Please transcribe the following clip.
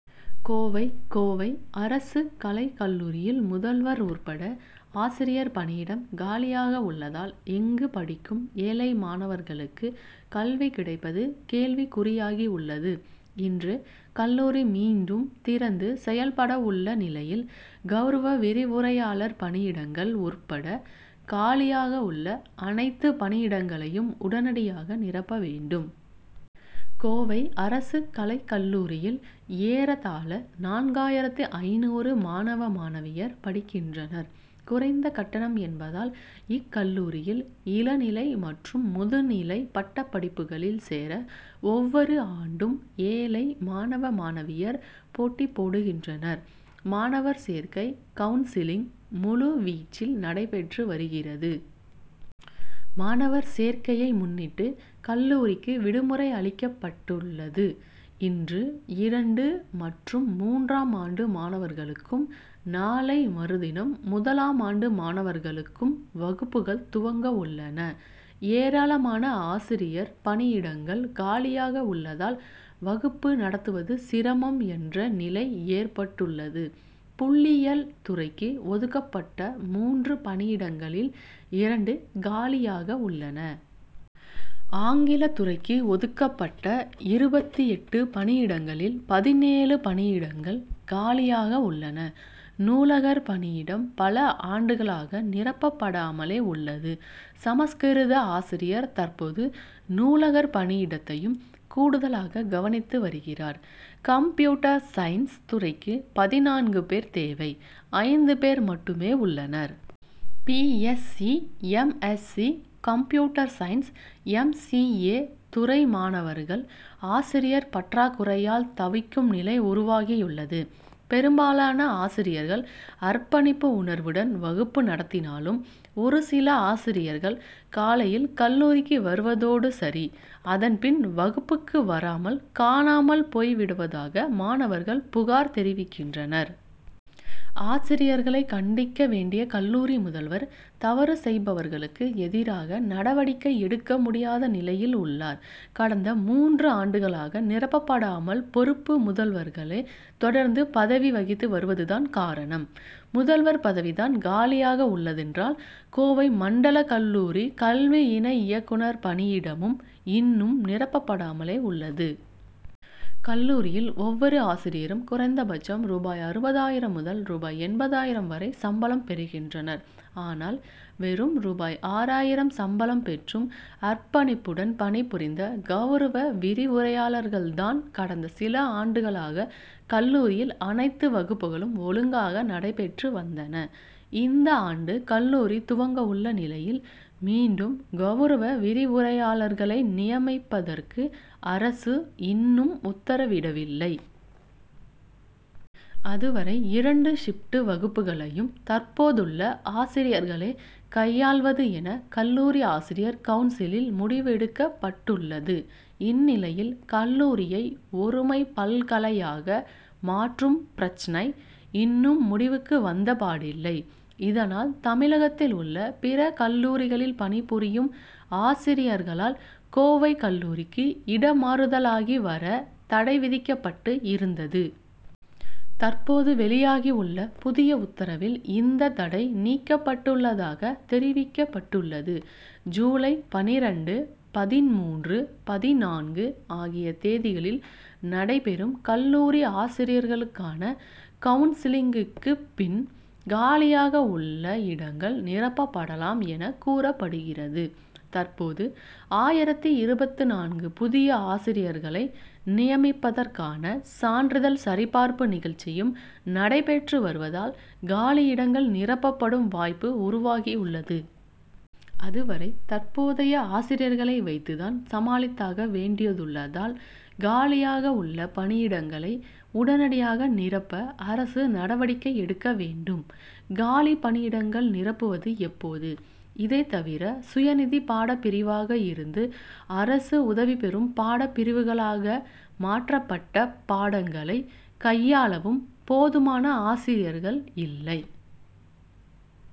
கோவை கோவை அரசு கலைக் கல்லூரியில் முதல்வர் உட்பட ஆசிரியர் பணியிடம் காலியாக உள்ளதால், இங்கு படிக்கும் ஏழை மாணவர்களுக்கு கல்வி கிடைப்பது கேள்விக்குறியாகியுள்ளது. இன்று கல்லூரி மீண்டும் திறந்து செயல்படவுள்ள நிலையில், கவுரவ விரிவுரையாளர் பணியிடங்கள் உட்பட காலியாக உள்ள அனைத்து பணியிடங்களையும் உடனடியாக நிரப்ப வேண்டும். கோவை அரசு கலைக் கல்லூரியில் ஏறத்தாழ நான்காயிரத்து ஐந்நூறு மாணவ மாணவியர் படிக்கின்றனர். குறைந்த கட்டணம் என்பதால் இக்கல்லூரியில் இளநிலை மற்றும் முதுநிலை பட்டப்படிப்புகளில் சேர ஒவ்வொரு ஆண்டும் ஏழை மாணவ மாணவியர் போட்டி போடுகின்றனர். மாணவர் சேர்க்கை கவுன்சிலிங் முழு வீச்சில் நடைபெற்று வருகிறது. மாணவர் சேர்க்கையை முன்னிட்டு கல்லூரிக்கு விடுமுறை அளிக்கப்பட் டுள்ளது. இன்று இரண்டு மற்றும் மூன்றாம் ஆண்டு மாணவர்களுக்கும், நாளை மறுதினம் முதலாம் ஆண்டு மாணவர்களுக்கும் வகுப்புகள் துவங்கவுள்ளன. ஏராளமான ஆசிரியர் பணியிடங்கள் காலியாக உள்ளதால் வகுப்பு நடத்துவது சிரமம் என்ற நிலை ஏற்பட்டுள்ளது. புள்ளியியல் துறைக்கு ஒதுக்கப்பட்ட மூன்று பணியிடங்களில் இரண்டு காலியாக உள்ளன. ஆங்கில துறைக்கு ஒதுக் கப்பட்ட இருபத்தெட்டு பணியிடங்களில் பதினேழு பணியிடங்கள் காலியாக உள்ளன. நூலகர் பணியிடம் பல ஆண்டுகளாக நிரப்பப்படாமலே உள்ளது. சமஸ்கிருத ஆசிரியர் தற்போது நூலகர் பணியிடத்தையும் கூடுதலாக கவனித்து வருகிறார். கம்ப்யூட்டர் சயின்ஸ் துறைக்கு பதினான்கு பேர் தேவை. ஐந்து பேர் மட்டுமே உள்ளனர். B. S. C., M. S. C., computer science, M. C. A., துறை மாணவர்கள், ஆசிரியர் பற்றாக்குறையால் தவிக்கும் நிலை உருவாகியுள்ளது. பெரும்பாலான ஆசிரியர்கள், அர்ப்பணிப்பு உணர்வுடன் வகுப்பு நடத்தினாலும், ஒரு சில ஆசிரியர்கள் காலையில் கல்லூரிக்கு வருவதோடு சரி. அதன் பின் வகுப்புக்கு வராமல் காணாமல் போய் விடுவதாக மாணவர்கள் புகார் தெரிவிக்கின்றனர். ஆசிரியர்களை கண்டிக்க வேண்டிய கல்லூரி முதல்வர், தவறு செய்பவர்களுக்கு எதிராக நடவடிக்கை எடுக்க முடியாத நிலையில் உள்ளார். கடந்த மூன்று ஆண்டுகளாக நிரப்பப்படாமல் பொறுப்பு முதல்வர்களே தொடர்ந்து பதவி வகித்து வருவதுதான் காரணம். முதல்வர் பதவிதான் காலியாக உள்ளதென்றால், கோவை மண்டல கல்லூரி கல்வி இணை இயக்குனர் பணியிடமும் இன்னும் நிரப்பப்படாமலே உள்ளது. கல்லூரியில் ஒவ்வொரு ஆசிரியரும் குறைந்தபட்சம் ரூபாய். அறுபதாயிரம் முதல் ரூபாய். எண்பதாயிரம் வரை சம்பளம் பெறுகின்றனர். ஆனால் வெறும் ரூபாய். ஆறாயிரம் சம்பளம் பெற்றும் அர்ப்பணிப்புடன் பணிபுரிந்த கவுரவ விரிவுரையாளர்களால்தான் கடந்த சில ஆண்டுகளாக கல்லூரியில் அனைத்து வகுப்புகளும் ஒழுங்காக நடைபெற்று வந்தன. இந்த ஆண்டு கல்லூரி துவங்கவுள்ள நிலையில், மீண்டும் கவுரவ விரிவுரையாளர்களை நியமிப்பதற்கு அரசு இன்னும் உத்தரவிடவில்லை. அதுவரை இரண்டு ஷிப்டு வகுப்புகளையும் தற்போதுள்ள ஆசிரியர்களே கையாள்வது என கல்லூரி ஆசிரியர் கவுன்சிலில் முடிவு எடுக்கப்பட்டுள்ளது. இந்நிலையில், கல்லூரியை ஒருமை பல்கலையாக மாற்றும் பிரச்னை இன்னும் முடிவுக்கு வந்தபாடில்லை. இதனால் தமிழகத்தில் உள்ள பிற கல்லூரிகளில் பணிபுரியும் ஆசிரியர்களால் கோவை கல்லூரிக்கு இடமாறுதலாகி வர தடை விதிக்கப்பட்டு இருந்தது. தற்போது வெளியாகியுள்ள புதிய உத்தரவில் இந்த தடை நீக்கப்பட்டுள்ளதாக தெரிவிக்கப்பட்டுள்ளது. ஜூலை பன்னிரண்டு, பதின்மூன்று, பதினான்கு ஆகிய தேதிகளில் நடைபெறும் கல்லூரி ஆசிரியர்களுக்கான கவுன்சிலிங்குக்குப் பின், காலியாக உள்ள இடங்கள் நிரப்பப்படலாம் என கூறப்படுகிறது. தற்போது ஆயிரத்து இருபத்து நான்கு புதிய ஆசிரியர்களை நியமிப்பதற்கான சான்றிதழ் சரிபார்ப்பு நிகழ்ச்சியும் நடைபெற்று வருவதால் காலியிடங்கள் நிரப்பப்படும் வாய்ப்பு உருவாகியுள்ளது. அதுவரை தற்போதைய ஆசிரியர்களை வைத்துதான் சமாளித்தாக வேண்டியதுள்ளதால், காலியாக உள்ள பணியிடங்களை உடனடியாக நிரப்ப அரசு நடவடிக்கை எடுக்க வேண்டும். காலி பணியிடங்கள் நிரப்புவது எப்போது? இதைத் தவிர, சுயநிதி பாடப்பிரிவாக இருந்து அரசு உதவி பெறும் பாடப் பிரிவுகளாக மாற்றப்பட்ட பாடங்களை கையாளவும் போதுமான ஆசிரியர்கள் இல்லை.